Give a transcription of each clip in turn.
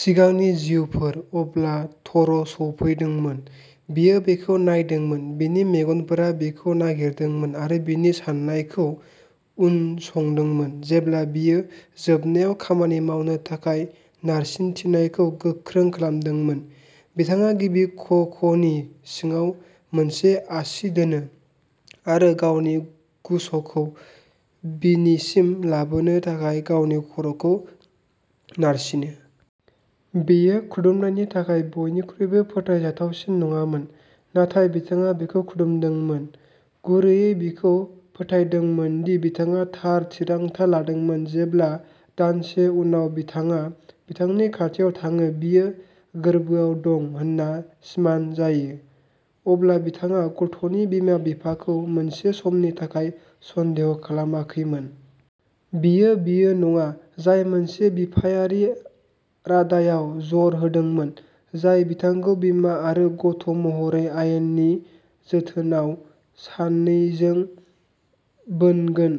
सिगांनि जिउफोर। अब्ला थ'र सौफैदोंमोन। बियो बिखौ नायदोंमोन, बिनि मेगनफोरा बिखौ नागिरदोंमोन, आरो बिनि साननायखौ उनसंदोंमोन जेब्ला बियो जोबनायाव खामानि मावनो थाखाय नारसिन्थिनायखौ गोख्रों खालामदोंमोन। बिथाङा बिनि खख'नि सिङाव मोनसे आसि दोनो, आरो गावनि गुस'खौ बिनिसिम लाबोनो थाखाय गावनि खर'खौ नारसिनो। बेयो खुदुमनायनि थाखाय बयनिख्रुइबो फोथायजाथावसिन नङामोन, नाथाय बिथाङा बिखौ खुदुमदोंमोन, गुरैयै बिखौ फोथायहोदोंमोन दि बिथाङा थार थिरांथा लादोंमोन। जेब्ला, दानसे उनाव, बिथाङा बिथांनि खाथियाव थाङो, बियो गोर्बोआव दं होन्ना सिमान लायो, अब्ला बिथाङा गथ'नि बिमा-बिफाखौ मोनसे समनि थाखाय सन्देह खालामाखैमोन। बियो, बियो नङा, जाय मोनसे बिफायारि रादायआव जर होदोंमोन, जाय बिथांखौ बिमा आरो गथ'महरै, आयेनारि जोथोनआव, सानैजों बोनगोन।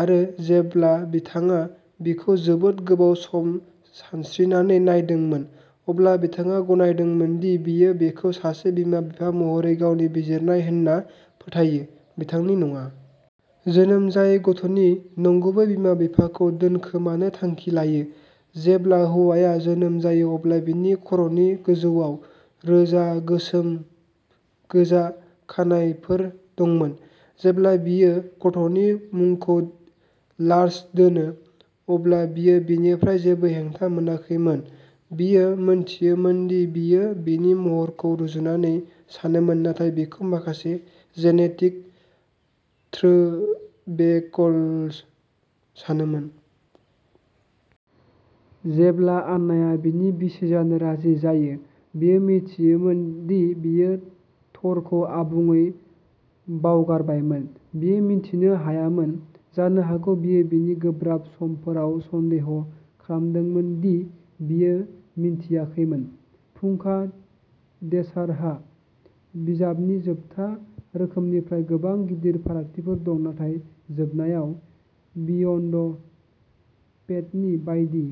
आरो जेब्ला बिथाङा बिखौ जोबोद गोबाव सम सानस्रिनानै नायदोंमोन, अब्ला बिथाङा गनायदोंमोन दि बियो बेखौ सासे बिमा-बिफा महरै गावनि बिजिरनाय होनना फोथायो, बिथांनि नङा। जोनोम जायै गथ'नि नंगुबै बिमा-बिफाखौ दोनखोमानो थांखि लायो। जेब्ला हौवाया जोनोम जायो, अब्ला बिनि खर'नि गोजौआव रोजा गोसोम-गोजा खानाइफोर दंमोन। जेब्ला बियो गथ'नि मुंखौ लार्स दोनो, अब्ला बियो बेनिफ्राय जेबो हेंथा मोनाखैमोन, बियो मोनथियोमोन दि बियो बिनि महरखौ रुजुजानै सानोमोन, नाथाय बेखौ माखासे जेनेटिक थ्रोबेकल'सानोमोन। जेब्ला आन्नाआ बिनि बिसि जानो राजि जायो, बियो मोनथियोमोन दि बियो थरखौ आबुङै बावगारबायमोन। बियो मिन्थिनो हायामोन, जानो हागौ बियो बिनि गोब्राब समफोराव सन्देह खालामदोंमोन दि बियो मिन्थियाखैमोन। फुंखा बेसादहा बिजाबनि जोबथा रोखोमनिफ्राय गोबां गिदिर फारागथिफोर दं नाथाय जोबनायाव, बियन्ड फेटनि बायदि,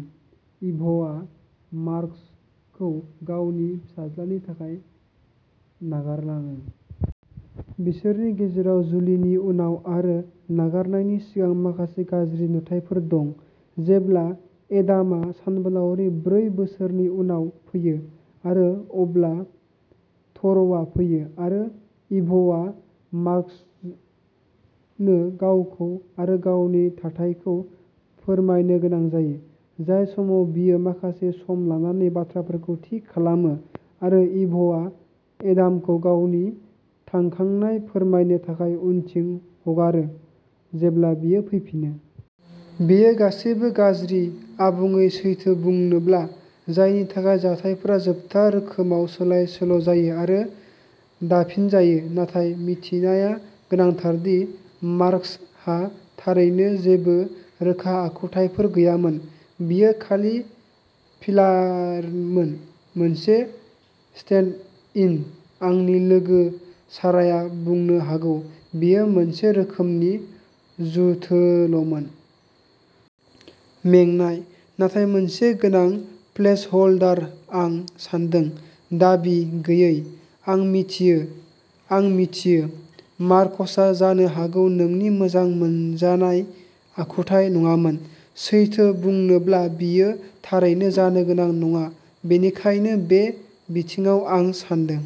इभआ मार्कसखौ गावनि फिसाज्लानि थाखाय नागारलाङो। बिसोरनि गेजेराव जुलिनि उनाव आरो नागारनायनि सिगां माखासे गाज्रि नुथायफोर दं, जेब्ला एडामा सानबोलावरि ब्रै बोसोरनि उनाव फैयो, आरो अब्ला थ'रआ फैयो, आरो इभआ मार्कसनो गावखौ आरो गावनि थाथायखौ फोरमायनो गोनां जायो, जाय समाव बियो माखासे सम लानानै बाथ्राफोरखौ थि खालामो, आरो इभआ एडामखौ गावनि थांखांनाय फोरमायनो थाखाय उनथिं हगारो जेब्ला बियो फैफिनो। बेयो गासैबो गाज्रि, आबुङै सैथो बुंनोब्ला, जायनि थाखाय जाथायफोरा जोबथा रोखोमाव सोलाय-सोल'जायो आरो दाफिनजायो, नाथाय मिथिनाया गोनांथार दि मार्कसहा थारैनो जेबो रोखा आखुथायफोर गैयामोन। बियो खालि फिलारमोन। मोनसे स्टेन्ड इन। आंनि लोगो साराया बुंनो हागौ-- बियो मोनसे रोखोमनि जुथोल'मोन। मेंनाय नाथाय मोनसे गोनां प्लेसहोल्डार, आं सान्दों। दाबि गैयैः आं मिथियो, आं मिथियो। मार्कसआ जानो हागौ नोंनि मोजां मोनजानाय आखुथाय नङामोन। सैथो बुंनोब्ला, बियो थारैनो जानो गोनां नङा, बेनिखायनो बे बिथिङाव, आं सान्दों।